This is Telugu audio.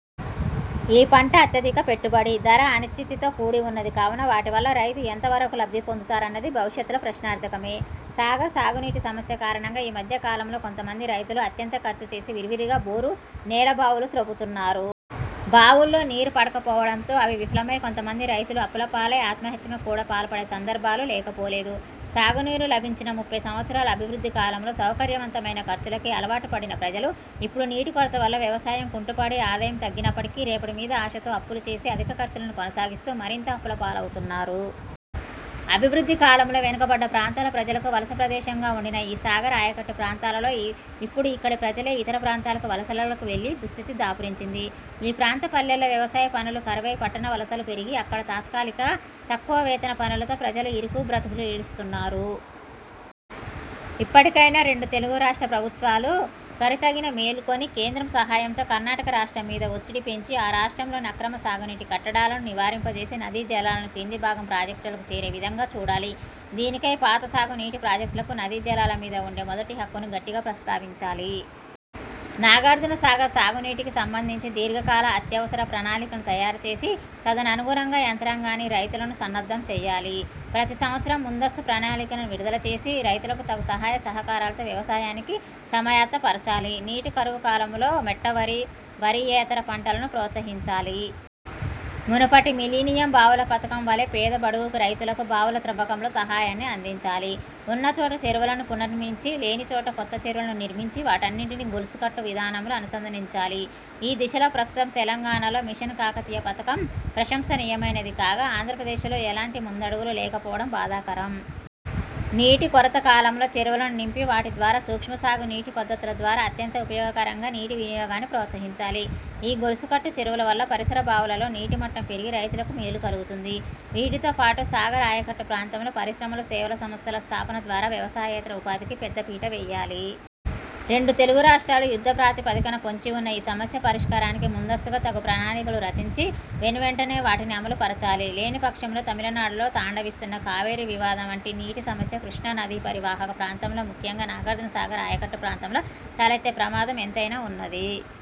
ఈ పంట అత్యధిక పెట్టుబడి, ధర అనిశ్చితితో కూడివున్నది కావున, వాటి వల్ల రైతు ఎంత వరకు లబ్ధిపొందుతారన్నది భవిష్యత్తులో ప్రశ్నార్థకమే. సాగర్ సాగునీటి సమస్య కారణంగా ఈ మధ్య కాలంలో కొంతమంది రైతులు అత్యంత ఖర్చు చేసి విరివిగా బోరు, నేల బావులు త్రవ్వుతున్నారు. బావుల్లో నీరు పడకపోవడంతో, అవి విఫలమై, కొంతమంది రైతులు అప్పులపాలై ఆత్మహత్యకి కూడా పాల్పడే సందర్భాలు లేకపోలేదు. సాగునీరు లభించిన ముప్పై సంవత్సరాల అభివృద్ధి కాలంలో సౌకర్యవంతమైన ఖర్చులకి అలవాటుపడిన ప్రజలు, ఇప్పుడు నీటి కొరతవల్ల వ్యవసాయం కుంటుపడి, ఆదాయం తగ్గినప్పటికీ, రేపటి మీద ఆశతో అప్పులు చేసి అధిక ఖర్చులను కొనసాగిస్తూ, మరింత అప్పుల పాలవుతున్నారు. అభివృద్ధి కాలంలో, వెనుకబడ్డ ప్రాంతాల ప్రజలకు వలస ప్రదేశంగా వుండిన ఈ సాగర్ ఆయకట్టు ప్రాంతాలలో, ఇప్పుడు ఇక్కడి ప్రజలే ఇతర ప్రాంతాలకు వలసలకు వెళ్ళే దుస్థితి దాపురించింది. ఈ ప్రాంత పల్లెల్లో వ్యవసాయ పనులు కరువై పట్టణ వలసలు పెరిగి అక్కడ తాత్కాలిక, తక్కువ వేతన పనులతో ప్రజలు ఇరుకు బ్రతుకులీడుస్తున్నారు. ఇప్పటికైనా, రెండు తెలుగు రాష్ట్ర ప్రభుత్వాలు త్వరితగిన మేల్కొని, కేంద్రం సహాయంతో కర్ణాటక రాష్ట్రం మీది ఒత్తిడి పెంచి, ఆ రాష్ట్రంలోని అక్రమ సాగునీటి కట్టడాలను నివారింపజేసి నదీ జలాలను క్రింది భాగం ప్రాజెక్టులకు చేరే విధంగా చూడాలి. దీనికై పాత సాగు నీటి ప్రాజెక్టులకు నదీ జలాల మీద ఉండే మొదటి హక్కును గట్టిగా ప్రస్తావించాలి. నాగార్జున సాగర్ సాగునీటికీ సంబంధించి దీర్ఘ కాల, అత్యవసర ప్రణాళికను తయారుచేసి తదను అనుగుణంగా యంత్రాంగాన్ని, రైతులను సన్నద్ధం చెయ్యాలి. ప్రతి సంవత్సరం ముందస్తు ప్రణాళికను విడుదలచేసి రైతులను తగుసహాయ సహకారాలతో వ్యవసాయానికి సమాయత్త పరచాలి. నీటి కరువు కాలంలో మెట్ట వరి, వరి యేతర పంటలను ప్రోత్సహించాలి. మునుపటి మిలీనియం బావుల పథకం వలె పేద బడుగు రైతులకు బావుల త్రవ్వకంలో సహాయాన్ని అందించాలి. ఉన్నచోట చెరువులను పునర్ర్మించి లేనిచోట కొత్త చెరువులను నిర్మించి వాటన్నింటిని గొలుసుకట్టు విధానంలో అనుసంధనించాలి. ఈ దిశలో ప్రస్తుతం తెలంగాణలో మిషన్ కాకతీయ పథకం ప్రశంసనీయమైనది కాగా, ఆంధ్ర ప్రదేశ్లో ఎలాంటి ముందడుగులు లేకపోవటం బాధాకరం. నీటి కొరత కాలంలో చెరువులను నింపి వాటి ద్వారా సూక్ష్మ సాగు నీటి పద్ధతుల ద్వారా అత్యంత ఉపయోగకరంగా నీటి వినియోగాన్ని ప్రోత్సహించాలి. ఈ గొలుసుకట్టు చెరువులవల్ల పరిసర బావులలో నీటిమట్టం పెరిగి రైతులకు మేలు కలుగుతుంది. వీటితో పాటు సాగర్ ఆయకట్టు ప్రాంతంలో పరిశ్రమలు సేవలసంస్థల స్థాపనద్వారా వ్యవసాయేతర ఉపాధికి పెద్దపీట వెయ్యాలి. రెండు తెలుగు రాష్ట్రాలు యుద్ధప్రాతిపదికన పొంచివున్న ఈ సమస్య పరిష్కారానికి ముందస్తుగా తగు ప్రణాళికలు రచించి వెన్వెంటనే వాటిని అమలు పరచాలి. లేనిపక్షంలో తమిళనాడులో తాండవిస్తున్న కావేరీ వివాదం వంటి నీటి సమస్య కృష్ణా నదీపరివాహక ప్రాంతంలో ముఖ్యంగా నాగార్జున సాగర్ ఆయకట్టు ప్రాంతంలో తలెత్తే ప్రమాదం ఎంతైనా వున్నది.